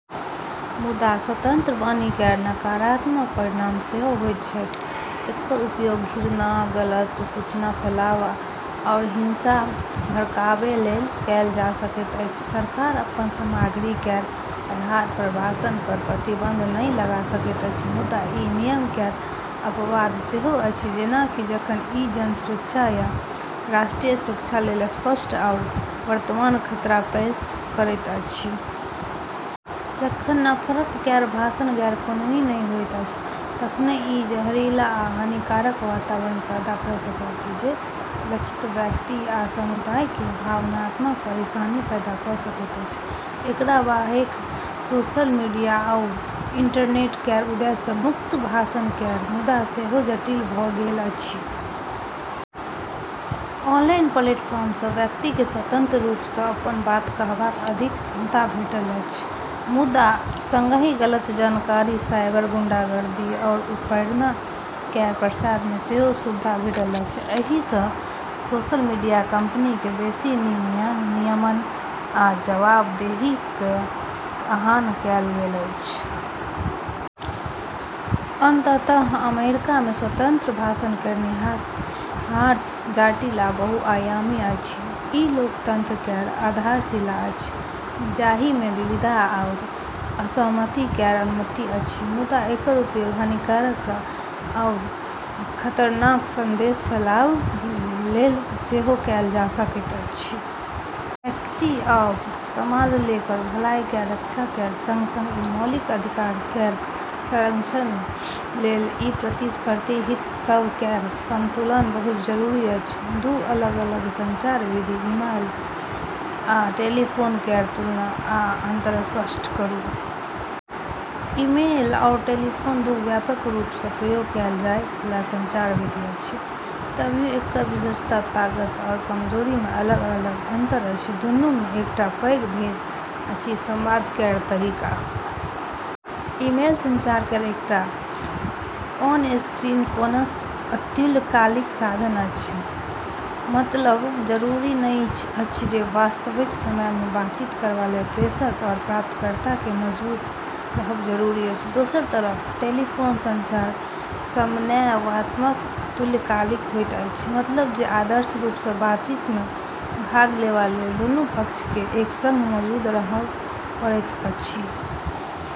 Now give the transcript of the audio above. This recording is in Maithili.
मुदा, स्वतंत्र वाणी केर नकारात्मक परिणाम सेहो होइत छैक। एकर उपयोग घृणा, गलत सूचना फैलाबै आओर हिंसा भड़काबै लेल कएल जा सकैत अछि। सरकार अपन सामग्री केर आधार पर भाषण पर प्रतिबंध नहि लगा सकैत अछि, मुदा ई नियम केर अपवाद सेहो अछि, जेना कि जखन ई जन सुरक्षा या राष्ट्रीय सुरक्षा लेल स्पष्ट आओर वर्तमान खतरा पेश करैत अछि। जखन नफरत केर भाषण गैरकानूनी नहि होइत अछि तखनहु ई जहरीला आ हानिकारक वातावरण पैदा कऽ सकैत अछि, जे लक्षित व्यक्ति आ समुदाय केँ भावनात्मक परेशानी पैदा कऽ सकैत अछि। एकरा बाहेक सोशल मीडिया आओर इंटरनेट केर उदय सँ मुक्त भाषण केर मुद्दा सेहो जटिल भऽ गेल अछि। ऑनलाइन प्लेटफॉर्म सँ व्यक्ति केँ स्वतंत्र रूप सँ अपन बात कहबाक अधिक क्षमता भेटल अछि, मुदा संगहि गलत जानकारी, साइबर गुंडागर्दी, आओर उत्पीड़न केर प्रसार मे सेहो सुविधा भेटल अछि। एहि सँ सोशल मीडिया कंपनी केँ बेसी नियमन आ जवाबदेही केर आह्वान कएल गेल अछि। अंततः अमेरिका मे स्वतंत्र भाषण केर निहितार्थ जटिल आ बहुआयामी अछि। ई लोकतंत्र केर आधारशिला अछि, जाहि मे विविधता आओर असहमति केर अनुमति अछि, मुदा एकर उपयोग हानिकारक आओर खतरनाक संदेश फैलाबै लेल सेहो कएल जा सकैत अछि। व्यक्ति आओर समाज केर भलाई केर रक्षा केर संग-संग ई मौलिक अधिकार केर संरक्षण लेल ई प्रतिस्पर्धी हित सभ केर संतुलन बहुत जरूरी अछि। दू अलग-अलग संचार विधि ईमेल आ टेलीफोन केर तुलना आ अंतर स्पष्ट करू। ईमेल आओर टेलीफोन दू व्यापक रूप सँ प्रयोग कएल जाय बला संचार विधि अछि, तभियो एकर विशेषता, ताकत आओर कमजोरी मे अलग-अलग अंतर अछि। दुनू मे एकटा पैघ भेद अछि संवाद केर तरीका। ईमेल संचार केर एकटा असिंक्रोनस अतुल्यकालिक साधन अछि, मतलब जरूरी नहि अछि जे वास्तविक समय मे बातचीत करबा लेल प्रेषक आओर प्राप्तकर्ता केँ मौजूद रहब जरूरी अछि। दोसर तरफ टेलीफोन संचार समन्वयात्मक तुल्यकालिक होइत अछि, मतलब जे आदर्श रूप सँ बातचीत मे भाग लेबा लेल दुनू पक्ष केँ एक संग मौजूद रहब पड़ैत अछि।